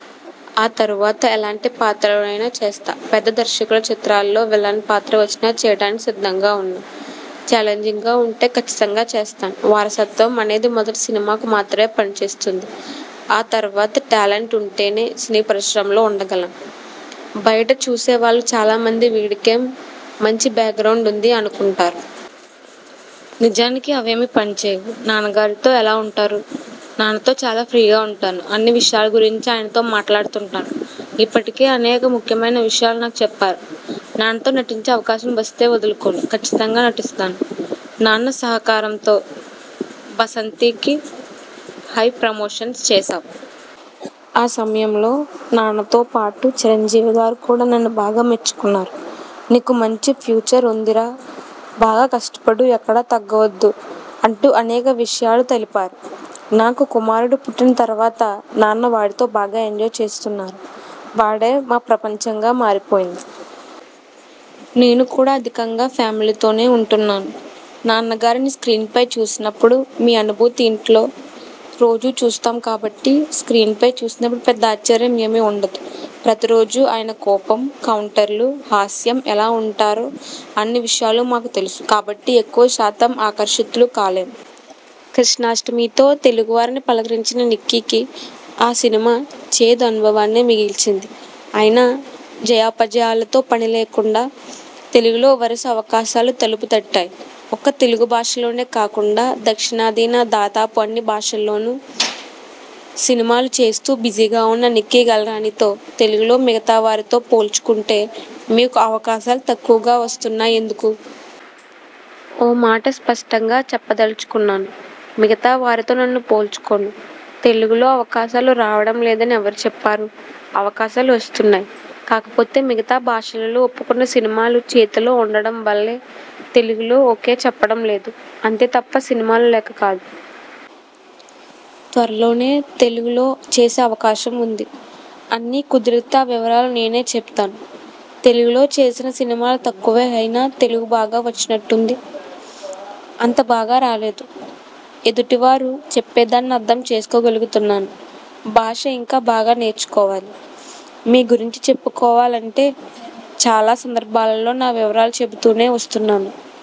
ఆ తరువాత ఎలాంటి పాత్రలోనైనా చేస్తా. పెద్ద దర్శకుల చిత్రాల్లో విలన్ పాత్ర వచ్చిన చేయటానికి సిద్ధంగా ఉన్నా. చాలెంజింగ్గా ఉంటే ఖచ్చితంగా చేస్తాను. వారసత్వం అనేది మొదటి సినిమాకు మాత్రమే పనిచేస్తుంది. ఆ తర్వాత టాలెంట్ ఉంటేనే సినీపరిశ్రమలో ఉండగలం. బయటచూసే వాళ్లు చాలా మంది వీడికేం మంచి బ్యాగ్రౌండ్ ఉంది అనుకుంటారు. నిజానికి అవేమి పనిచేయవు. నాన్నగారితో ఎలా ఉంటారు? నాన్నతో చాలా ఫ్రీగా ఉంటాను. అన్ని విషయాల గురించి ఆయనతో మాట్లాడుతుంటాను. ఇప్పటికే అనేక ముఖ్యమైన విషయాలు నాకు చెప్పారు. నాన్నతో నటించే అవకాశం వస్తే వదులుకోను. కచ్చితంగా నటిస్తాను. నాన్న సహకారంతో 'బసంతి'కి హై ప్రమోషన్స్ చేశాం. ఆ సమయంలో నాన్నతో పాటు చిరంజివి గారు కూడా నన్ను బాగా మెచ్చుకున్నారు. 'నీకు మంచి ఫ్యూచర్ ఉందిరా బాగా కష్టపడు ఎక్కడ తగ్గవద్దు' అంటూ అనేక విషయాలు తెలిపారు. నాకు కుమారుడు పుట్టిన తరువాత నాన్న వాడితో బాగా ఎంజాయ్ చేస్తున్నారు. వాడే మా ప్రపంచంగా మారిపోయింది. నేను కూడా అధికంగా ఫ్యామిలీతోనే ఉంటున్నాను. నాన్నగారిని స్ర్కీన్పై చూసినప్పుడు మీ అనుభూతి ఇంట్లో రోజూ చూస్తాం కాబట్టి స్ర్కీన్పై చూసినప్పుడు పెద్ద ఆశ్చర్యం ఏమీ ఉండదు. ప్రతిరోజు ఆయన కోపం, కౌంటర్లు, హాస్యం, ఎలా ఉంటారో అన్ని విషయాలు మాకు తెలుసు. కాబట్టి ఎక్కువ శాతం ఆకర్షితులు కాలేము. 'కృష్ణాష్ణమి'తో తెలుగువారిని పలకరించిన నిక్కీకి ఆ సినిమా చేదు అనుభవాన్నే మిగిల్చింది. అయినా జయాపజయాలతో పనిలేకుండా తెలుగులో వరుస అవకాశాలు తలుపు తట్టాయి. ఒక్క తెలుగుభాషలోనే కాకుండా దక్షిణాదిన దాదాపు అన్ని భాషల్లోనూ సినిమాలు చేస్తూ బిజీగా ఉన్న నిక్కీగల్రానితో తెలుగులో మిగతా వారితో పోల్చుకుంటే మీకు అవకాశాలు తక్కువగా వస్తున్నాయి ఎందుకు? ఓ మాట స్పష్టంగా చెప్పదలుచుకున్నాను. మిగతా వారితో నన్ను పోల్చుకోను. తెలుగులో అవకాశాలు రావడం లేదని ఎవరు చెప్పారు? అవకాశాలు వస్తున్నాయి. కాకపోతే మిగతా భాషలలో ఒప్పుకున్న సినిమాలు చేతిలో ఉండడం వల్లే తెలుగులో ఓకే చెప్పడం లేదు. అంతే తప్ప సినిమాలు లేక కాదు. త్వరలోనే తెలుగులో చేసే అవకాశం ఉంది. అన్నీ కుదిరితే ఆ వివరాలు నేనే చెబుతాను. తెలుగులో చేసిన సినిమాలు తక్కువే అయినా తెలుగు బాగా వచ్చినట్టుంది? అంత బాగా రాలేదు. ఎదుటి వారు చెప్పేదాన్ని అర్థం చేసుకోగలుగుతున్నాను. భాష ఇంకా బాగా నేర్చుకోవాలి. మీ గురించి చెప్పుకోవాలంటే చాలా సందర్భాలలో నా వివరాలు చెబుతూనే వస్తున్నాను.